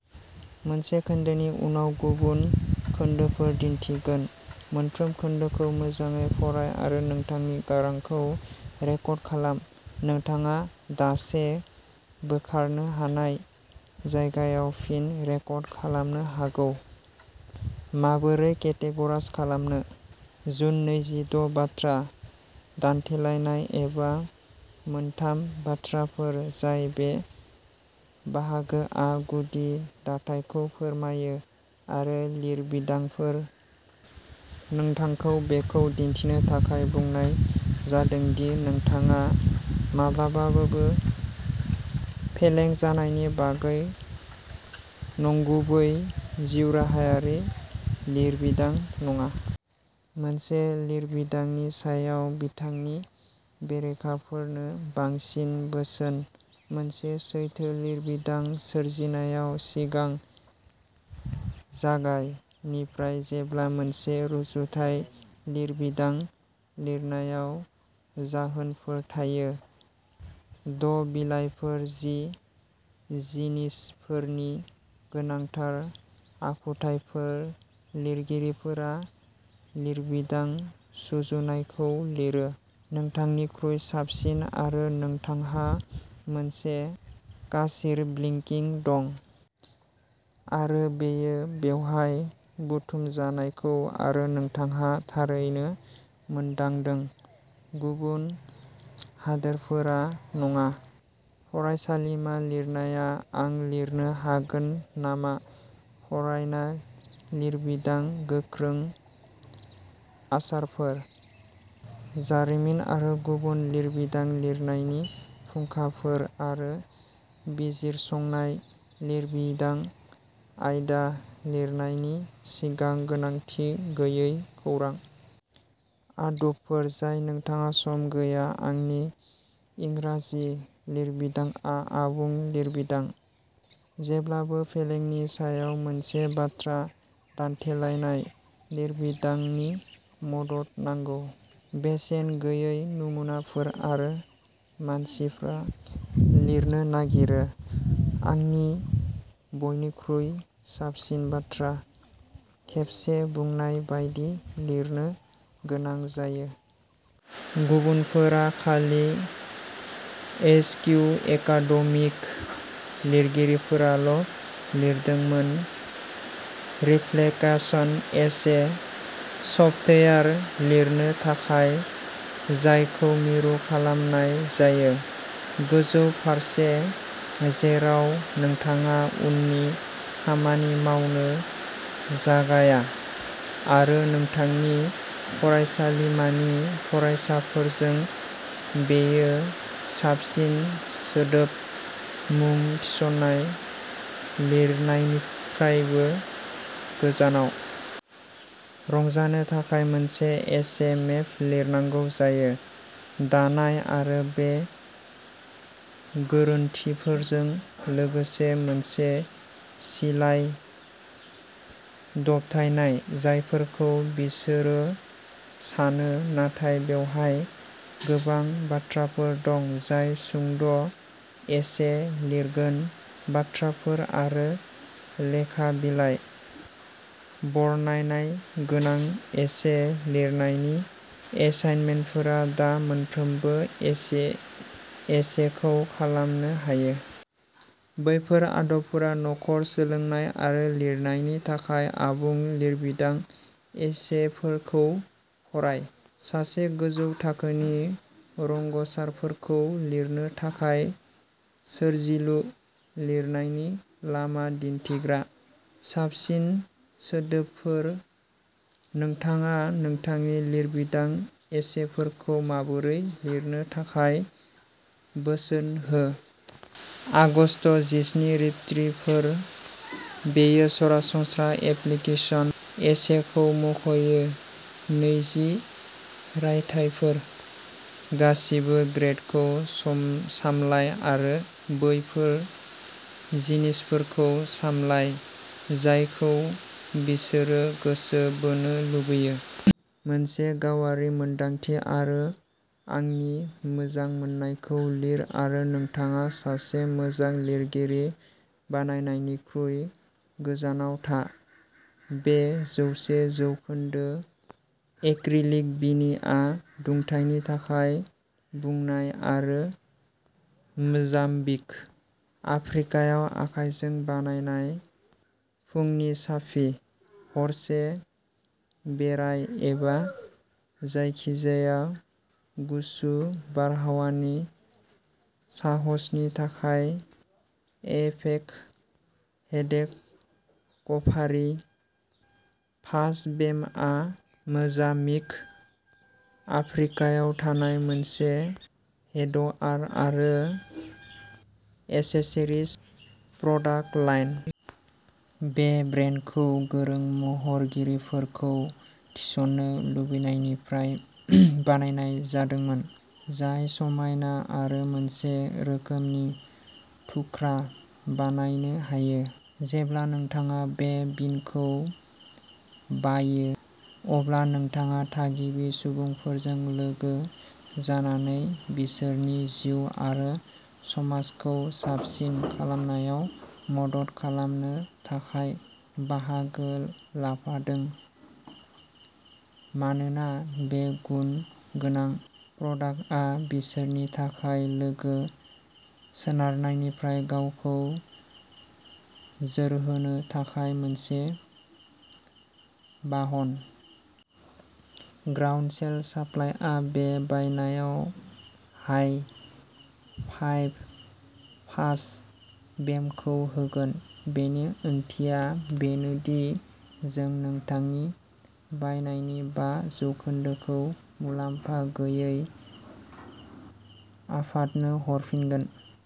माबोरै केटेगराइज खालामनो। जुन नैजिद' बाथ्रा दान्थेलायनाय एबा मोनथाम बाथ्राफोर जाय बे बाहागोआ गुदि दाथायखौ फोरमायो, आरो लिरबिदांफोर। नोंथांखौ बेखौ दिन्थिनो थाखाय बुंनाय जादों दि नोंथाङा माब्लाबाबो फेलें जानायनि बागै नंगुबै जिउराहायारि लिरबिदां नङा। मोनसे लिरबिदांनि सायाव बिथांनि बेरेखाफोरनो बांसिन बोसोन। मोनसे सैथो लिरबिदां सोरजिनायाव सिगां जागाय, निफ्राय जेब्ला मोनसे रुजुथाय लिरबिदां लिरनायाव जाहोनफोर थायो। द' बिलाइफोर जि जिनिसफोरनि गोनांथार आखुथायफोर लिरगिरिफोरा लिरबिदां सुजुनायखौ लिरो। नोंथांनिख्रुइ साबसिन आरो नोंथांहा मोनसे कार्सर ब्लिंकिं दं। आरो बेयो बेवहाय बुथुमजायाखै आरो नोंथाङा थारैनो मोनदांदों, गुबुन हादोरफोरा नङा। फरायसालिमा लिरनाया आं लिरनो हागोन नामा फरायना लिरबिदां गोख्रै आसारफोर। जारिमिन आरो गुबुन लिरबिदां लिरनायनि फुंखाफोर आरो बिजिरसंनाय लिरबिदां आयदा लिरनायनि सिगां गोनांथि गैयै खौरां। आदबफोर जाय नोंथांनाव सम गैया आंनि इंराजि लिरबिदांआ आबुं लिरबिदां। जेब्लाबो फेलेंनि सायाव मोनसे बाथ्रा दान्थेलायनाय लिरबिदांनि मदद नांगौ। बेसेन गैयै नमुनाफोर आरो मानसिफ्रा लिरनो नागिरो। आंनि बयनिख्रुइ साबसिन बाथ्रा। खेबसे बुंनाय बायदि लिरनो गोनां जायो। गुबुनफोरआ खालि ओइस किउ एकाडेमिक लिरगिरिफोरावल' लिरदोंमोन रिफ्लेक्शन एसे सफ्टवेयार लिरनो थाखाय जायखौ मिरु खालामनाय जायो। गोजौ फारसे, जेराव नोंथाङा उननि खामानि मावनो जागाया? आरो नोंथांनि फरायसालिमानि फरायसाफोरजों बेयो साबसिन सोदोब, मुं थिसनथाय लिरनायनिफ्रायबो गोजानाव। रंजानो थाखाय मोनसे एसे मेप लिरनांगौ जायो। दानाय आरो बे गोरोन्थिफोरजों लोगोसे मोनसे सिलाइ दबथायनाय जायफोरखौ बिसोरो सानो नाथाय बेवहाय गोबां बाथ्राफोर दं जाय सुंद' एसे लिरगोन बाथ्राफोर आरो लेखा बिलाइ। बरनायनाय गोनां एसे लिरनायनि एसाइनमेन्टफोरा दा मोनफ्रोमबो एसे एसेखौ खालामनो हायो। बौफोर आदबफोरा न'खर सोलोंनाय आरो लिरनायनि थाखाय आबुं लिरबिदां एसेफोरखौ फराय। सासे गोजौ थाखोनि रोंग'सारफोरखौ लिरनो थाखाय सोरजिलु लिरनायनि लामा दिन्थिग्रा। साबसिन सोदोबफोर, नोंथाङा नोंथांनि लिरबिदां एसेफोरखौ माबोरै लिरनो थाखाय बोसोन हो। आगस्त जिस्नि रिपर्टफोर, बेयो सरासनस्रा एप्लिकेसन एसेखौ मुंख'यो नैजि रायथाइफोर, गासिबो ग्रेडखौ सामलाय आरो बैफोर जिनिसफोरखौ सामलाय जायखौ बिसोरो गोसो बोनो लुबैयो? मोनसे गावारि मोन्दांथि आरो आंनि मोजां मोननायखौ लिर आरो नोंथाङा सासे मोजां लिरगिरि बानायनायनिफ्राय गोजानाव था। बे जौसे जौखोन्दो एक्रिलिक बिनिया दुंथायनि थाखाय बुनाय आरो मोजाम्बिक, आफ्रिकायाव आखाइजों बानायनाय। फुंनि सार्फिं, हरसे बेराय एबा जायखिजाया गुसु बारहावानि साहसनि थाखाय एपिक हेड कभारिं फाज बेमआ मोजाम्बिक आफ्रिकायाव थानाय मोनसे हेडवेयार आरो एक्सेसरिज प्रडाक्ट लाइन। बे ब्रान्डखौ गोरों महरगिरिफोरखौ थिसन्नो लुबैनायनिफ्राय बानायनाय जादोंमोन, जाय समायना आरो मोनसे रोखोमनि थुख्रा बानायनो हायो। जेब्ला नोंथाङा बे बिनखौ बायो, अब्ला नोंथाङा थागिबि सुबुंफोरजों लोगो जानानै बिसोरनि जिउ आरो समाजखौ साबसिन खालामनायाव मदद खालामनो थाखाय बाहागो लाफादों मानोना बे गुन गोनां प्रडाक्टआ बिसोरनि थाखाय लोगो सोनारनायनिफ्राय गावखौ जोरहोनो थाखाय मोनसे बाहन। ग्राउन्डस्वेल साप्लायआ बे बायनायाव हाइ फाइभ फाज बेमखौ होगोन, बेनि ओंथिया बेनो दि जों नोंथांनि बायनायनि बा जौखोन्दोखौ मुलाम्फा गैयै आफादनो हरफिनगोन।